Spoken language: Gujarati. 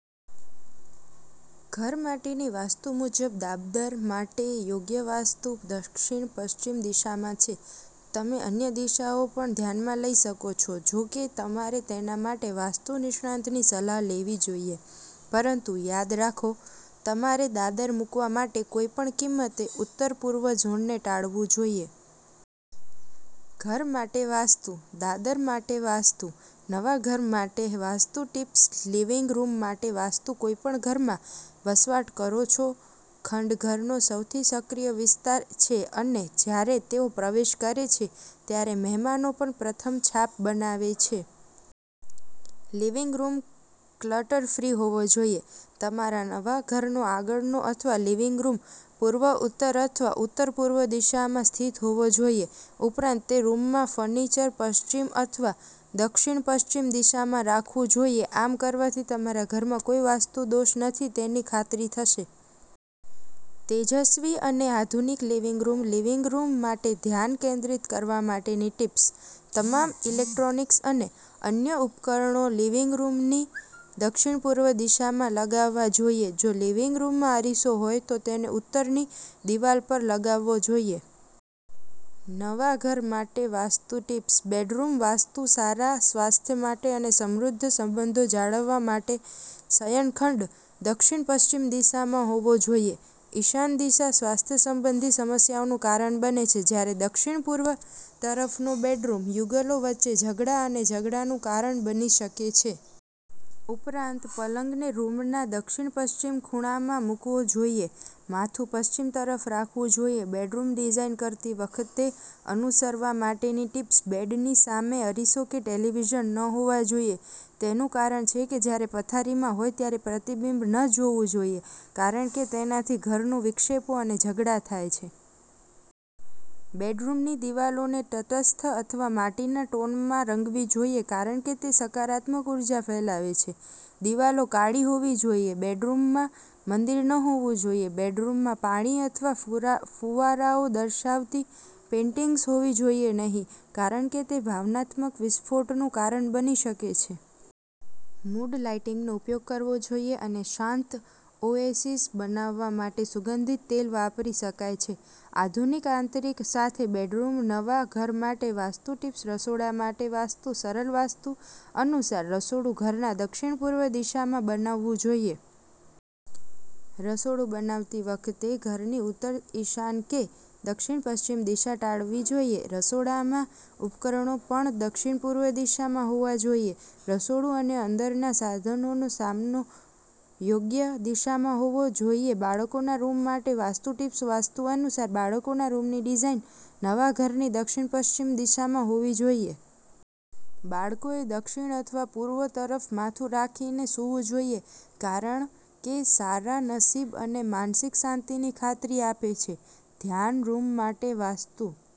ઘર માટેની વાસ્તુ મુજબ, દાદર માટે યોગ્ય વાસ્તુ દક્ષિણ-પશ્ચિમ દિશામાં છે. તમે અન્ય દિશાઓ પણ ધ્યાનમાં લઈ શકો છોજો કે, તમારે તેના માટે વાસ્તુ નિષ્ણાતની સલાહ લેવી જોઈએ. પરંતુ યાદ રાખો, તમારે દાદર મૂકવા માટે કોઈપણ કિંમતે ઉત્તરપૂર્વ ઝોનને ટાળવું જોઈએ. ઘર માટે વાસ્તુઃ દાદર માટે વાસ્તુ. નવા ઘર માટે વાસ્તુ ટિપ્સલિવિંગ રૂમ માટે વાસ્તુ કોઈપણ ઘરમાં, વસવાટ કરો છો ખંડઘરનો સૌથી સક્રિય વિસ્તાર છે અને જ્યારે તેઓ પ્રવેશ કરે છે ત્યારે મહેમાનો પર પ્રથમ છાપ બનાવે છે. લિવિંગ રૂમ ક્લટર ફ્રી હોવો જોઈએ. તમારા નવા ઘરનો આગળનો અથવા લિવિંગ રૂમ પૂર્વ, ઉત્તર અથવા ઉત્તરપૂર્વ દિશામાં સ્થિત હોવો જોઈએ. ઉપરાંત, તે રૂમમાં ફર્નિચર પશ્ચિમ અથવા દક્ષિણ-પશ્ચિમ દિશામાં રાખવું જોઈએ. આમ કરવાથી તમારા ઘરમાં કોઈ વાસ્તુ દોષ નથી તેની ખાતરી થશે. તેજસ્વી અને આધુનિક લિવિંગ રૂમ લિવિંગ રૂમ માટે ધ્યાન કેન્દ્રિત કરવા માટેની ટિપ્સ: તમામ ઈલેક્ટ્રોનિક્સ અને અન્ય ઉપકરણો લિવિંગ રૂમની દક્ષિણ-પૂર્વ દિશામાં લગાવવા જોઈએ. જો લિવિંગ રૂમમાં અરીસો હોય તો તેને ઉત્તરની દિવાલ પર લગાવવો જોઈએ. નવા ઘર માટે વાસ્તુ ટિપ્સ: બેડરૂમ વાસ્તુ સારા સ્વાસ્થ્ય માટે અને સમૃદ્ધ સંબંધો જાળવવા માટે, શયનખંડ દક્ષિણ પશ્ચિમ દિશામાં હોવો જોઈએ. ઈશાન દિશા સ્વાસ્થ્ય સંબંધી સમસ્યાઓનું કારણ બને છે, જ્યારે દક્ષિણ-પૂર્વ તરફનો બેડરૂમ યુગલો વચ્ચે ઝઘડા અને ઝઘડાનું કારણ બની શકે છે. ઉપરાંત, પલંગને રૂમના દક્ષિણ-પશ્ચિમ ખૂણામાં મુકવો જોઈએ, માથું પશ્ચિમ તરફ રાખવું જોઈએ. બેડરૂમ ડિઝાઇન કરતી વખતે અનુસરવા માટેની ટીપ્સ:બેડની સામે અરીસો કે ટેલિવિઝન ન હોવા જોઈએ. તેનું કારણછે કે જ્યારે પથારીમાં હોય ત્યારે પ્રતિબિંબ ન જોવું જોઈએ, કારણ કે તેનાથી ઘરેલું વિક્ષેપો અને ઝઘડા થાય છે. બેડરૂમની દિવાલોને તટસ્થ અથવા માટીના ટોનમાં રંગવી જોઈએ, કારણ કે તે સકારાત્મક ઉર્જા ફેલાવે છે. દિવાલો કાળી હોવી જોઈએ. બેડરૂમમાં મંદિર ન હોવું જોઈએ. બેડરૂમમાં પાણી અથવા ફુવારાઓ દર્શાવતી પેઇન્ટિંગ્સ હોવી જોઈએ નહીં, કારણ કે તે ભાવનાત્મક વિસ્ફોટનું કારણ બની શકે છે. મૂડ લાઇટિંગનો ઉપયોગ કરવો જોઈએ, અને શાંત ઓએસિસ બનાવવા માટે સુગંધિત તેલ વાપરી શકાય છે. આધુનિક આંતરિક સાથે બેડરૂમનવા ઘર માટે વાસ્તુ ટિપ્સરસોડા માટે વાસ્તુ સરલ વાસ્તુ અનુસાર રસોડું ઘરના દક્ષિણ-પૂર્વ દિશામાં બનાવવું જોઈએ. રસોડું બનાવતી વખતે ઘરની ઉત્તર, ઈશાન કે દક્ષિણ-પશ્ચિમ દિશા ટાળવી જોઈએ. રસોડામાં ઉપકરણો પણ દક્ષિણ-પૂર્વ દિશામાં હોવા જોઈએ. રસોડું અને અંદરના સાધનોનો સામનો યોગ્ય દિશામાં હોવો જોઈએબાળકોના રૂમ માટે વાસ્તુ ટિપ્સ વાસ્તુ અનુસાર બાળકોના રૂમની ડિઝાઈન નવા ઘરની દક્ષિણ-પશ્ચિમ દિશામાં હોવી જોઈએ. બાળકોએ દક્ષિણ અથવા પૂર્વ તરફ માથું રાખીને સૂવું જોઈએ, કારણ કેસારા નસીબ અને માનસિક શાંતિની ખાતરી આપે છે. ધ્યાન રૂમ માટે વાસ્તુ